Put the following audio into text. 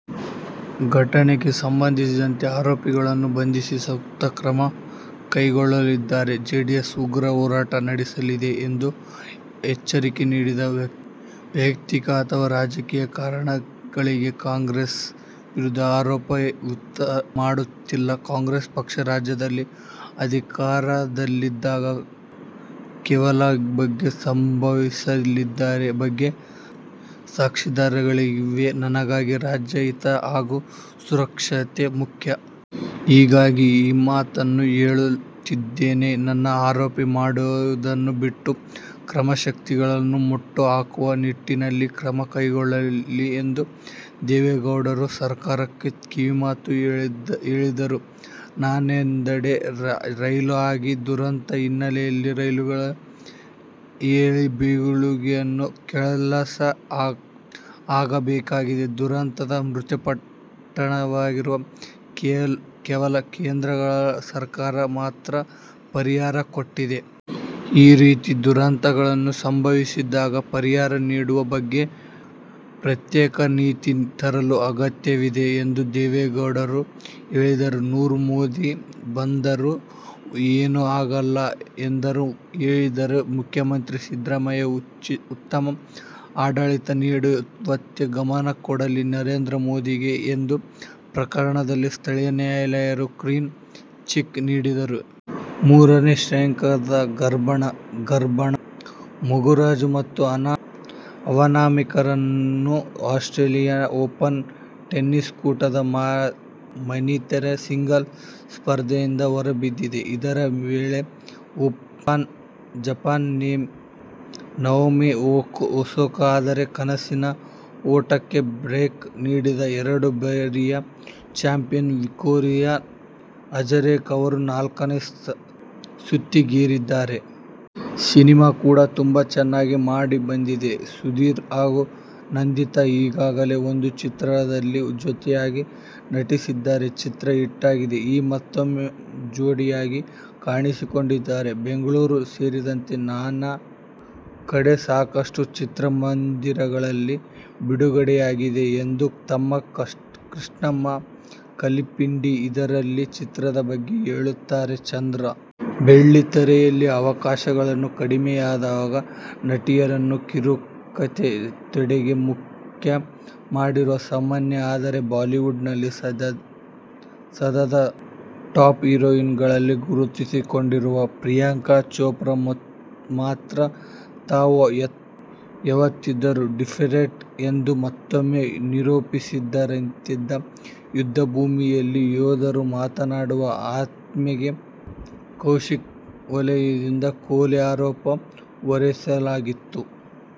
ಘಟನೆಗೆ ಸಂಬಂಧಿಸಿದಂತೆ ಆರೋಪಿಗಳನ್ನು ಬಂಧಿಸಿ ಸೂಕ್ತ ಕ್ರಮ ಕೈಗೊಳ್ಳದಿದ್ದರೆ ಜೆಡಿಎಸ್ ಉಗ್ರ ಹೋರಾಟ ನಡೆಸಲಿದೆ ಎಂದು ಎಚ್ಚರಿಕೆ ನೀಡಿದರು. ವೈಯಕ್ತಿಕ ಅಥವಾ ರಾಜಕೀಯ ಕಾರಣಗಳಿಗೆ ಕಾಂಗ್ರೆಸ್ ವಿರುದ್ಧ ಆರೋಪ ಮಾಡುತ್ತಿಲ್ಲ. ಕಾಂಗ್ರೆಸ್ ಪಕ್ಷ ರಾಜ್ಯದಲ್ಲಿ ಅಧಿಕಾರದಲ್ಲಿದ್ದಾಗ ಕೋಮಗಲಭೆ ಸಂಭವಿಸಿದ್ದರ ಬಗ್ಗೆ ಸಾಕ್ಷ್ಯಾಧರಗಳಿವೆ. ನನಗೆ ರಾಜ್ಯದ ಹಿತ ಹಾಗೂ ಸುರಕ್ಷತೆ ಮುಖ್ಯ. ಹಾಗಾಗಿ ಈ ಮಾತನ್ನು ಹೇಳುತ್ತಿದ್ದೇನೆ. ನನ್ನ ಆರೋಪ ಮಾಡುವುದನ್ನು ಬಿಟ್ಟು, ಕೋಮುಶಕ್ತಿಗಳನ್ನು ಮಟ್ಟ ಹಾಕುವ ನಿಟ್ಟಿನಲ್ಲಿ ಕ್ರಮ ಕೈಗೊಳ್ಳಲಿ ಎಂದು ದೇವೇಗೌಡರು ಸರ್ಕಾರಕ್ಕೆ ಕಿವಿಮಾತು ಹೇಳಿದರು. ನಾಂದೇಡ ರೈಲು ಅಗ್ನಿ ದುರಂತ ಹಿನ್ನೆಲೆಯಲ್ಲಿ ರೈಲುಗಳ ಹಳೆ ಬೋಗಿಗಳ ಕೆಲಸ ಆಗಬೇಕಿದೆ. ದುರಂತದಲ್ಲಿ ಮೃತಪಟ್ಟವರಿಗೆ ಕೇವಲ ಕೇಂದ್ರ ಸರ್ಕಾರ ಮಾತ್ರ ಪರಿಹಾರ ಕೊಟ್ಟಿದೆ. ಈ ರೀತಿ ದುರಂತಗಳನ್ನು ಸಂಭವಿಸಿದಾಗ ಪರಿಹಾರ ನೀಡುವ ಬಗ್ಗೆ ಪ್ರತ್ಯೇಕ ನೀತಿ ತರುವ ಅಗತ್ಯವಿದೆ ಎಂದು ದೇವೇಗೌಡರು ಹೇಳಿದರು. ನೂರು ಮೋದಿ ಬಂದರೂ ಏನೂ ಆಗಲ್ಲ ಎಂದು ಹೇಳಿರುವ ಮುಖ್ಯಮಂತ್ರಿ ಸಿದ್ದರಾಮಯ್ಯ ಉತ್ತಮ ಆಡಳಿತ ನೀಡುವತ್ತ ಗಮನ ಕೊಡಲಿ. ನರೇಂದ್ರ ಮೋದಿಗೆ ಒಂದು ಪ್ರಕರಣದಲ್ಲಿ ಸ್ಥಳೀಯ ನ್ಯಾಯಲಯ ಕ್ಲೀನ್ ಚೀಟ್ ನೀಡಿದೆ. ಮೂರನೇ ಶ್ರೇಯಾಂಕದ ಗಾರ್ಬಿನ್ ಮುಗುರುಜಾ ಮತ್ತು ಅನಾ ಇವಾನೋವಿಕ್ ಅವರು ಆಸ್ಟ್ರೇಲಿಯನ್ ಓಪನ್ ಟೆನಿಸ್ ಕೂಟದ ವನಿತೆಯರ ಸಿಂಗಲ್ಸ್ ಸ್ಪರ್ಧೆಯಿಂದ ಹೊರಬಿದ್ದಿದ್ದಾರೆ. ಇದೇ ವೇಳೆ ಜಪಾನಿನ ನವೋಮಿ ಒಸಾಕಾ ಅವರ ಕನಸಿನ ಓಟಕ್ಕೆ ಬ್ರೇಕ್ ನೀಡಿದ ಎರಡು ಬಾರಿಯ ಚಾಂಪಿಯನ್ ವಿಕ್ಟೋರಿಯಾ ಅಜರೆಂಕಾ ಅವರು ನಾಲ್ಕನೇ ಸುತ್ತಿಗೇರಿದ್ದಾರೆ. ಸಿನಿಮಾ ಕೂಡಾ ತುಂಬಾ ಚೆನ್ನಾಗಿ ಮೂಡಿಬಂದಿದೆ. ಸುಧೀರ್ ಹಾಗೂ ನಂದಿತಾ ಈಗಾಗಲೇ ಒಂದು ಚಿತ್ರದಲ್ಲಿ ಜೊತೆಯಾಗಿ ನಟಿಸಿದ್ದು, ಚಿತ್ರ ಹಿಟ್ ಆಗಿದೆ. ಈಗ ಮತ್ತೂಮ್ಮೆ ಜೋಡಿಯಾಗಿ ಕಾಣಿಸಿಕೊಂಡಿದ್ದಾರೆ. ಬೆಂಗಳೂರು ಸೇರಿದಂತೆ ನಾನಾ ಕಡೆ ಸಾಕಷ್ಟು ಚಿತ್ರಮಂದಿರಗಳಲ್ಲಿ ಬಿಡುಗಡೆಯಾಗಲಿದೆ' ಎಂದು ತಮ್ಮ "ಕೃಷ್ಣಮ್ಮ ಕಲಿಪಿಂದಿ ಇದ್ದಾರನಿ' ಚಿತ್ರದ ಬಗ್ಗೆ ಹೇಳುತ್ತಾರೆ ಚಂದ್ರು. ಬೆಳ್ಳಿತೆರೆಯಲ್ಲಿ ಅವಕಾಶಗಳು ಕಡಿಮೆಯಾದಾಗ ನಟಿಯರು ಕಿರುತೆರೆ ಕಡೆಗೆ ಮುಖ ಮಾಡುವುದು ಸಾಮಾನ್ಯ. ಆದರೆ ಬಾಲಿವುಡ್ ನ ಸದ್ಯದ ಟಾಪ್ ಹಿರೋಯಿನ್ ಗಳಲ್ಲಿ ಗುರುತಿಸಿಕೊಂಡಿರುವ ಪ್ರಿಯಾಂಕ ಚೋಪ್ರಾ ಮಾತ್ರ ತಾವು ಯಾವತ್ತಿದ್ದರು ಡಿಫರೆಂಟ್ ಎಂದು ಮತ್ತೊಮ್ಮೆ ನಿರೂಪಿಸಿದಂತಿದೆ. ಯುದ್ದ ಭೂಮಿಯಲ್ಲಿ ಯೋಧರು ಮಾಡುವ ಹತ್ಯೆಗೆ ಕಾಸ್ಮಿಕ್ ವಲಯದಲ್ಲಿ ಕೊಲೆ ಆರೋಪ ಹೊರಿಸಲಾಗುತ್ತದೆ.